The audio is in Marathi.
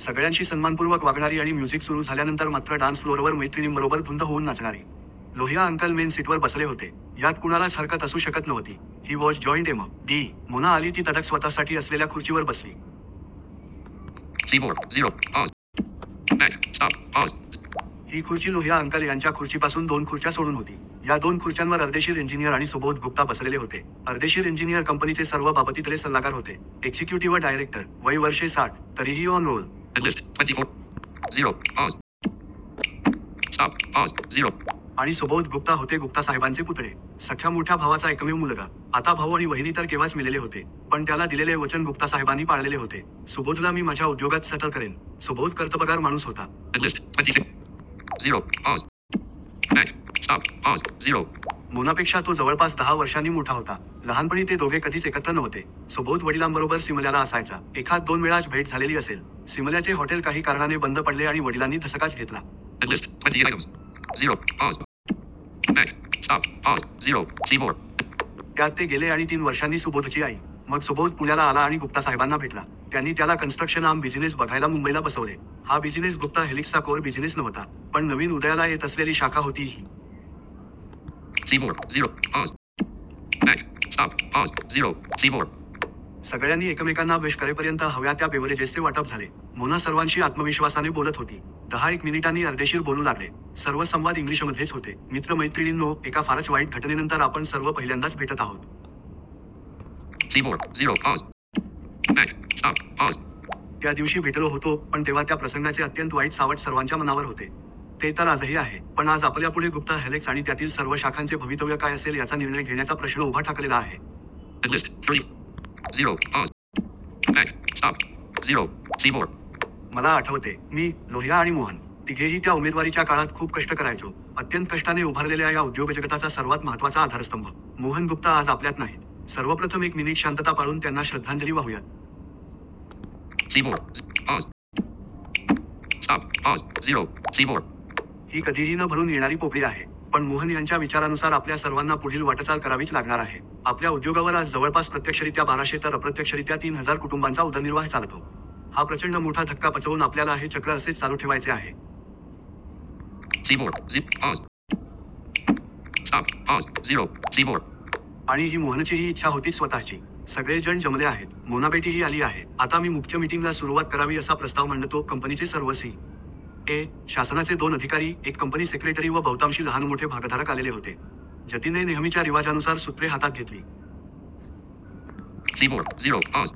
सगळ्यांशी सन्मानपुर्वक वागणारी आणि म्युझिक सुरू झाल्यानंतर मात्र डान्स फ्लोअरवर मैत्रिणींबरोबर धुंद होऊन नाचणारी! लोहिया अंकल मेन सीटवर बसले होते. यात कुणालाच हरकत असू शकत नव्हती. He was joint M. D.! Mona आली ती तडक स्वतःसाठी असलेल्या खुर्चीवर बसली. ही खुर्ची लोहिया अंकल यांच्या खुर्चीपासून दोन खुर्च्या सोडून होती. या दोन खुर्च्यांवर अर्देशीर इंजीनीयर आणि सुबोध गुप्ता बसलेले होते. अर्देशीर इंजीनीयर कंपनीचे सर्व बाबतीतले सल्लागार होते. Executive director! वय वर्षे साठ! तरीही ऑन रोल! आणि सुबोध गुप्ता होते गुप्तासाहेबांचे पुतणे! सख्या मोठ्या भावाचा एकमेव मुलगा! आता भाऊ आणि वहिनी तर केव्हाच मेलेले होते. पण त्याला दिलेले वचन गुप्तासाहेबांनी पाळलेले होते. सुबोधला मी माझ्या उद्योगात सेटल करेन! सुबोध कर्तबगार माणूस होता. मोनापेक्षा तो जवळपास दहा वर्षांनी मोठा होता. लहानपणी ते दोघे कधीच एकत्र नव्हते. सुबोध वडिलांबरोबर सिमल्याला असायचा! एखाद दोन वेळाच भेट झालेली असेल. सिमल्याचे हॉटेल काही कारणाने बंद पडले आणि वडिलांनी धसकाच घेतला. त्यात ते गेले आणि तीन वर्षांनी सुबोधची आई! मग सुबोध पुण्याला आला आणि गुप्तासाहेबांना भेटला. त्यांनी त्याला कन्स्ट्रक्शन आर्म बिझिनेस बघायला मुंबईला बसवले. हा बिझिनेस गुप्ता हेलिक्सचा कोअर बिझिनेस नव्हता. पण नवीन उदयाला येत असलेली शाखा होती ही! सगळ्यांनी एकमेकांना विश करेपर्यंत हव्या त्या बेव्हरेजेसचे वाटप झाले. मोना सर्वांशी आत्मविश्वासाने बोलत होती. दहा एक मिनिटांनी अर्देशीर बोलू लागले. सर्व संवाद इंग्लीशमध्येच होते. "मित्र मैत्रिणींनो, एका फारच वाईट घटनेनंतर आपण सर्व पहिल्यांदाच भेटत आहोत. त्या दिवशी भेटलो होतो, पण तेव्हा त्या प्रसंगाचे अत्यंत वाईट सावट सर्वांच्या मनावर होते. ते तर आजही आहे. पण आज आपल्यापुढे गुप्ता हेलिक्स आणि त्यातील सर्व शाखांचे भवितव्य काय असेल याचा निर्णय घेण्याचा प्रश्न उभा ठाकलेला आहे. मला आठवते.. मी, लोहिया आणि मोहन.. तिघेही त्या उमेदवारीच्या काळात खूप कष्ट करायचो. अत्यंत कष्टाने उभारलेल्या या उद्योगजगताचा सर्वात महत्वाचा आधारस्तंभ.. मोहन गुप्ता आज आपल्यात नाहीत. सर्वप्रथम एक मिनिट शांतता पाळून त्यांना श्रद्धांजली वाहूयात! ही कधीही न भरून येणारी पोकळी आहे. पण मोहन यांच्या विचारानुसार आपल्या सर्वांना पुढील वाटचाल करावीच लागणार आहे. आपल्या उद्योगावर आज जवळपास प्रत्यक्षरीत्या बाराशे तर अप्रत्यक्षरीत्या तीन हजार कुटुंबांचा उदरनिर्वाह चालतो. हा प्रचंड मोठा धक्का पचवून आपल्याला हे चक्र असेच चालू ठेवायचे आहे. आणि ही मोहनचीही इच्छा होतीच स्वतःची! सगळे जण जमले आहेत. मोनाबेटीही आली आहे. आता मी मुख्य मीटिंगला सुरुवात करावी असा प्रस्ताव मांडतो " कंपनीचे सर्व सी. ए., शासनाचे दोन अधिकारी, एक कंपनी सेक्रेटरी व बहुतांशी लहानमोठे भागधारक आलेले होते. जतीनने नेहमीच्या रिवाजानुसार सूत्रे हातात घेतली.